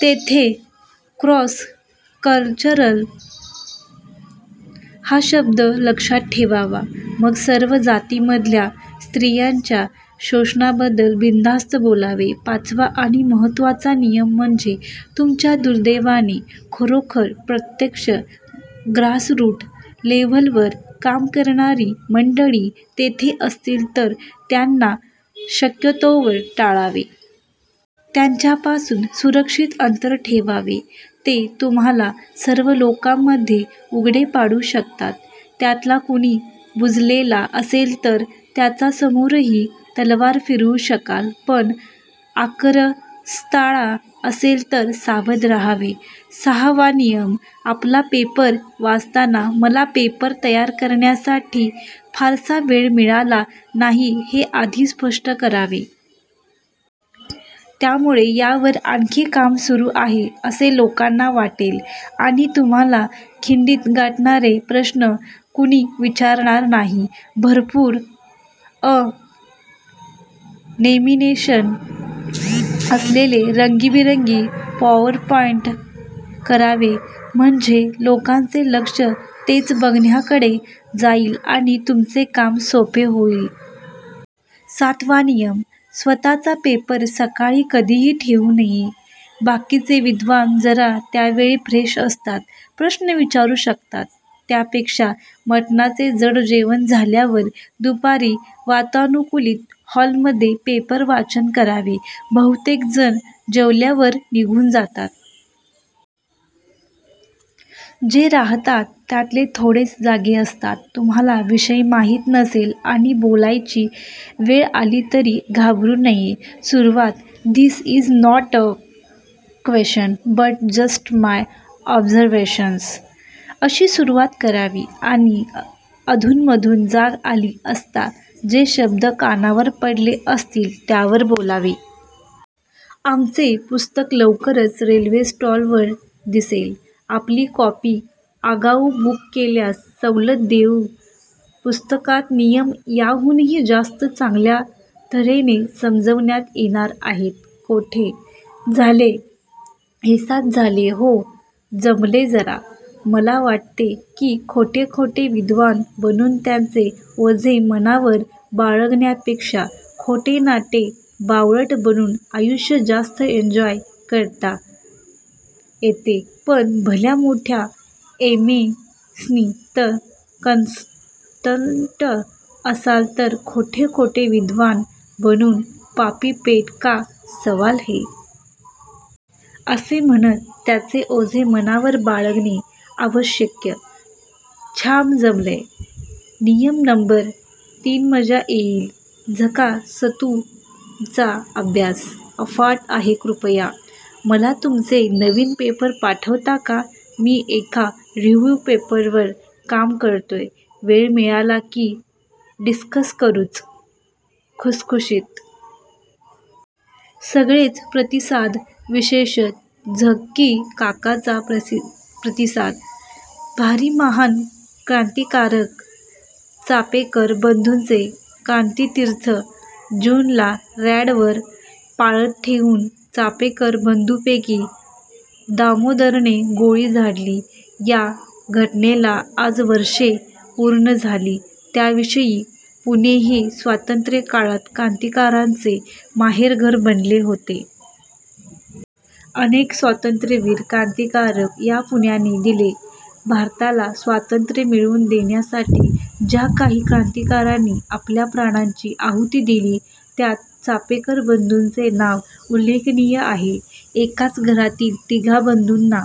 तेथे 'cross cultural हा शब्द लक्षात ठेवावा. मग सर्व जातींमधल्या स्त्रीयांच्या शोषणाबद्दल बिनधास्त बोलावे. पाचवा आणि महत्त्वाचा नियम म्हणजे तुमच्या दुर्दैवाने खरोखर प्रत्यक्ष ग्रासरूट लेव्हलवर काम करणारी मंडळी तेथे असतील तर त्यांना शक्यतोवर टाळावे. त्यांच्यापासून सुरक्षित अंतर ठेवावे. ते तुम्हाला सर्व लोकांमध्ये उघडे पाडू शकतात. त्यातला कुणी बुजलेला असेल तर त्याच्यासमोरही तलवार फिरवू शकाल पण आक्रस्ताळा असेल तर सावध राहावे. सहावा नियम, आपला पेपर वाचताना मला पेपर तयार करण्यासाठी फारसा वेळ मिळाला नाही हे आधी स्पष्ट करावे. त्यामुळे यावर आणखी काम सुरु आहे असे लोकांना वाटेल आणि तुम्हाला खिंडीत गाठणारे प्रश्न कुणी विचारणार नाही. भरपूर अॅनिमेशन असलेले रंगिबेरंगी पॉवरपॉईंट करावे म्हणजे लोकांचे लक्ष तेच बघण्याकडे जाईल आणि तुमचे काम सोपे होईल. सातवा नियम, स्वतःचा पेपर सकाळी कधिही ठेऊ नये. बाकीचे विद्वान जरा त्यावेळी फ्रेश असतात. प्रश्न विचारु शकतात. त्यापेक्षा मटणाचे जड जेवण झाल्यावर दुपारी वातानुकूलित हॉलमध्ये पेपर वाचन करावे. बहुतेक जण जेवल्यावर निघुन जातात. जे राहतात त्यातले थोडेच जागे असतात. तुम्हाला विषय माहीत नसेल आणि बोलायची वेळ आली तरी घाबरु नये. सुरुवात "this is not a question but just my observations.. " अशी सुरुवात करावी आणि अधून मधून जाग आली असता जे शब्द कानावर पडले असतील त्यावर बोलावे. आमचे पुस्तक लवकरच रेल्वे स्टॉलवर दिसेल. आपली कॉपी आगाऊ बुक केल्यास सवलत देऊ. पुस्तकात नियम याहूनही जास्त चांगल्या तर्हेने समजवण्यात येणार आहेत. कुठे.. झाले हेसात झालेत हो. जमलंयजरा, मला वाटते की खोटे खोटे विद्वान बनून त्याचे ओझे मनावर बाळगण्यापेक्षा खोटेनाटे बावळट बनून आयुष्य जास्त एंजॉय करता येतेपण भल्या मोठ्या एमेन्सि त कन्सल्टंट असाल तर खोटे खोटे विद्वान बनून, पापी पेट का सवाल है!, असे म्हणत त्याचे ओझे मनावर बाळगणे आवश्यक. छाम जमलंय. नियम नंबर तीनमजा येईल. झकासतुमचा अभ्यास अफाट आहेकृपया मला तुमचे नविन पेपर पाठवता का? मि एका रिव्ह्यु पेपरवर काम करतोय, वेळ मिळाला कि डिस्कस करुच+ खुसखुशीत! सगळेच प्रतिसाद विशेषतः झक्की काकांचा प्रतिसाद भारी महान क्रांतिकाराक चापेकर बंधूंचे 'क्रांतितीर्थ' जून ला रँडवर पाळत ठेवून चापेकर बंधूंपैकी दामोदरने गोळी झाडली. या घटनेला आज वर्षे पूर्ण झाली. त्या विषयी.. पुणे हे स्वातंत्र्यकाळात क्रांतिकाराकांचे माहेरघर बनले होते. अनेक स्वातंत्र्यवीर, क्रांतिकारक या पुण्याने दिले. भारताला स्वातंत्र्य मिळवून देण्यासाठी ज्या काही क्रांतिकारांनी आपल्या प्राणांची आहुती दिली त्यात चापेकर बंधूंचे नाव उल्लेखनीय आहे. एकाच घरातील तिघा बंधुंना